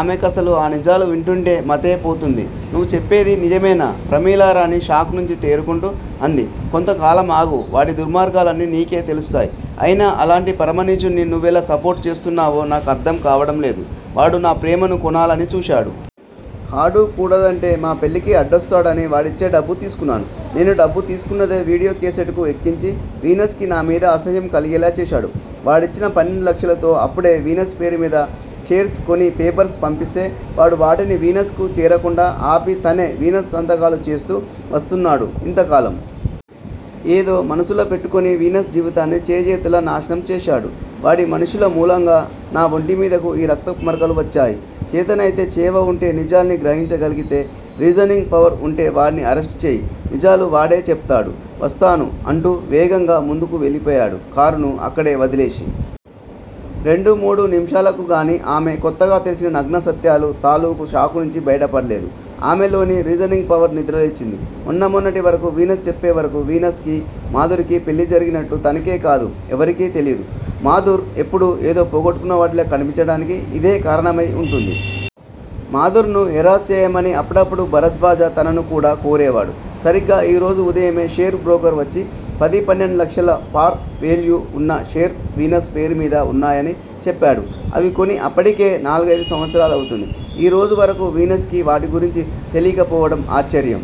ఆమెకసలు ఆ నిజాలు వింటుంటే మతే పోతోంది. నువ్వు చెప్పేది నిజమేనా? ప్రమీలారాణి షాక్ నుంచి తేరుకుంటూ అంది. కొంతకాలమాగు వాడి దుర్మార్గాలన్నీ నీకే తెలుస్తాయి. అయినా అలాంటి పరమ నీచుడ్ని నువ్వెలా సపోర్ట్ చేస్తున్నావో నా కర్ధంకావడం లేదు. వాడు నా ప్రేమను కొనాలని చూశాడు. కాదు కూడదంటే మా పెళ్ళికి అడ్డొస్తాడని వాడిచ్చే డబ్బు తీసుకున్నాను. నేను డబ్బు తీసుకున్నదే వీడియో కేసెట్ కి ఎక్కించి వీనస్ కి నామీద అసహ్యం కలిగేలా చేశాడు. వాడిచ్చిన పన్నెండు లక్షలతో అప్పుడే వీనస్ పేరుమీద షేర్స్ కొని పేపర్స్ పంపిస్తే, వాడు వాటిని వీనస్ కి చేరకుండా ఆపి తనే వీనస్ సంతకాలు చేస్తూ వస్తున్నాడు ఇంతకాలం. ఏదో మనస్సులో పెట్టుకొని వీనస్ జీవితాన్ని చేజేతులా నాశనం చేశాడు. వాడి మనుష్యుల మూలంగా నా ఒంటిమీదకు ఈ రక్తపు మరకలు వచ్చాయి. చేతనైతే, చేవవుంటే, నిజాల్ని గ్రహించగలిగితే, రీజనింగ్ పవర్ వుంటే వాడ్ని అరెస్ట్ చేయి. నిజాలు వాడే చెబుతాడు. వస్తాను అంటూ వేగంగా ముందుకు వెళ్ళిపోయాడు కారును అక్కడే వదిలేసి. రెండు మూడు నిమిషాలకు గాని ఆమె కొత్తగా తెలిసిన నగ్నసత్యాలు తాలూకు షాక్ నుంచి బయటపడలేదు. ఆమెలోని రీజనింగ్ పవర్ నిద్రలేచింది. మొన్న మొన్నటివరకు వీనస్ చెప్పేవరకు వీనస్ కి, మాధుర్ కీ పెళ్ళి జరిగినట్లు తనకే కాదు, ఎవరికీ తెలీదు. మాధుర్ ఎప్పుడూ ఏదో పోగొట్టుకున్నవాడిలా కనిపించటానికి ఇదే కారణమయి వుంటుంది. మాధుర్ ని హెరాస్ చెయ్యమని అప్పుడప్పుడు భరద్వాజ తనను కూడా కోరేవాడు. సరిగ్గా ఈరోజు ఉదయమే షేర్ బ్రోకర్ వచ్చి పది పన్నెండు లక్షల పార్ వేల్యూ వున్న షేర్స్ వీనస్ పేరుమీద వున్నాయని చెప్పాడు. అవి కొని అప్పటికే నాలుగైదు సంవత్సరాలవుతోంది. ఈరోజు వరకు వీనస్ కి వాటి గురించి తెలీకపోవటం ఆశ్చర్యం!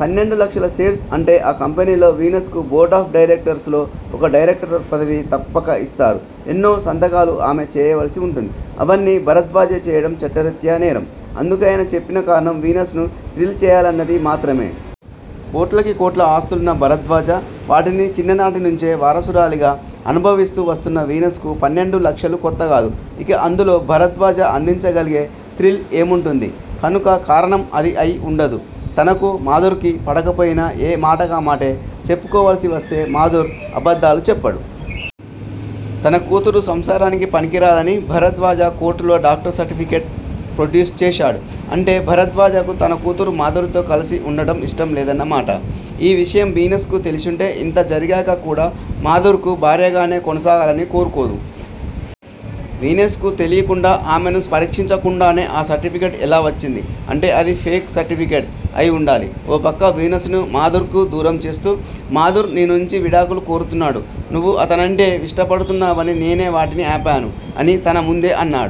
పన్నెండు లక్షల షేర్స్ అంటే ఆ కంపెనీలో వీనస్ కి బోర్డ్ ఆఫ్ డైరెక్టర్స్ లో ఒక డైరెక్టర్ పదవి తప్పక యిస్తారు. ఎన్నో సంతకాలు ఆమె చేయవలసి వుంటుంది. అవన్నీ భరద్వాజే చేయటం చట్టరీత్యా నేరం! అందుకాయన చెప్పిన కారణం వీనస్ ని థ్రిల్ చేయాలన్నది మాత్రమే! కోట్లకి కోట్ల ఆస్తులున్న భరద్వాజ, వాటిని చిన్ననాటినుంచే వారసురాలిగా అనుభవిస్తూ వస్తున్న వీనస్ కి పన్నెండు లక్షలు కొత్తకాదు. ఇక అందులో భరద్వాజ అందించగలిగే థ్రిల్ ఏముంటుంది? కనుక కారణం అది అయి వుండదు. తనకు, మాధుర్ కీ పడకపోయినా ఏ మాటకామాటే చెప్పుకోవలసి వస్తే మాధుర్ అబద్దాలు చెప్పడు. తన కూతురు సంసారానికి పనికిరాదని భరద్వాజ కోర్ట్ లో డాక్టర్ సర్టిఫికేట్ ప్రొడ్యూస్ చేశాడు. అంటే భరద్వాజకు తన కూతురు మాధుర్ తో కలసి వుండడం యిష్టంలేదన్నమాట. ఈ విషయం వీనస్ కి తెలిసుంటే ఇంత జరిగాక కూడా మాధుర్ కి భార్యగానే కొనసాగాలని కోరుకోదు. వీనస్ కి తెలీకుండా, ఆమెను పరీక్షించకుండానే ఆ సర్టిఫికేట్ ఎలా వచ్చింది? అంటే అది ఫేక్ సర్టిఫికెట్ అయివుండాలి. ఓపక్క వీనస్ ని మాధుర్ కి దూరంచేస్తూ, మాధుర్ నీనుంచి విడాకులు కోరుతున్నాడు. నువ్వు అతనంటే ఇష్టపడుతున్నావని నేనే వాటిని ఆపాను ఆని తన ముందే అన్నాడు.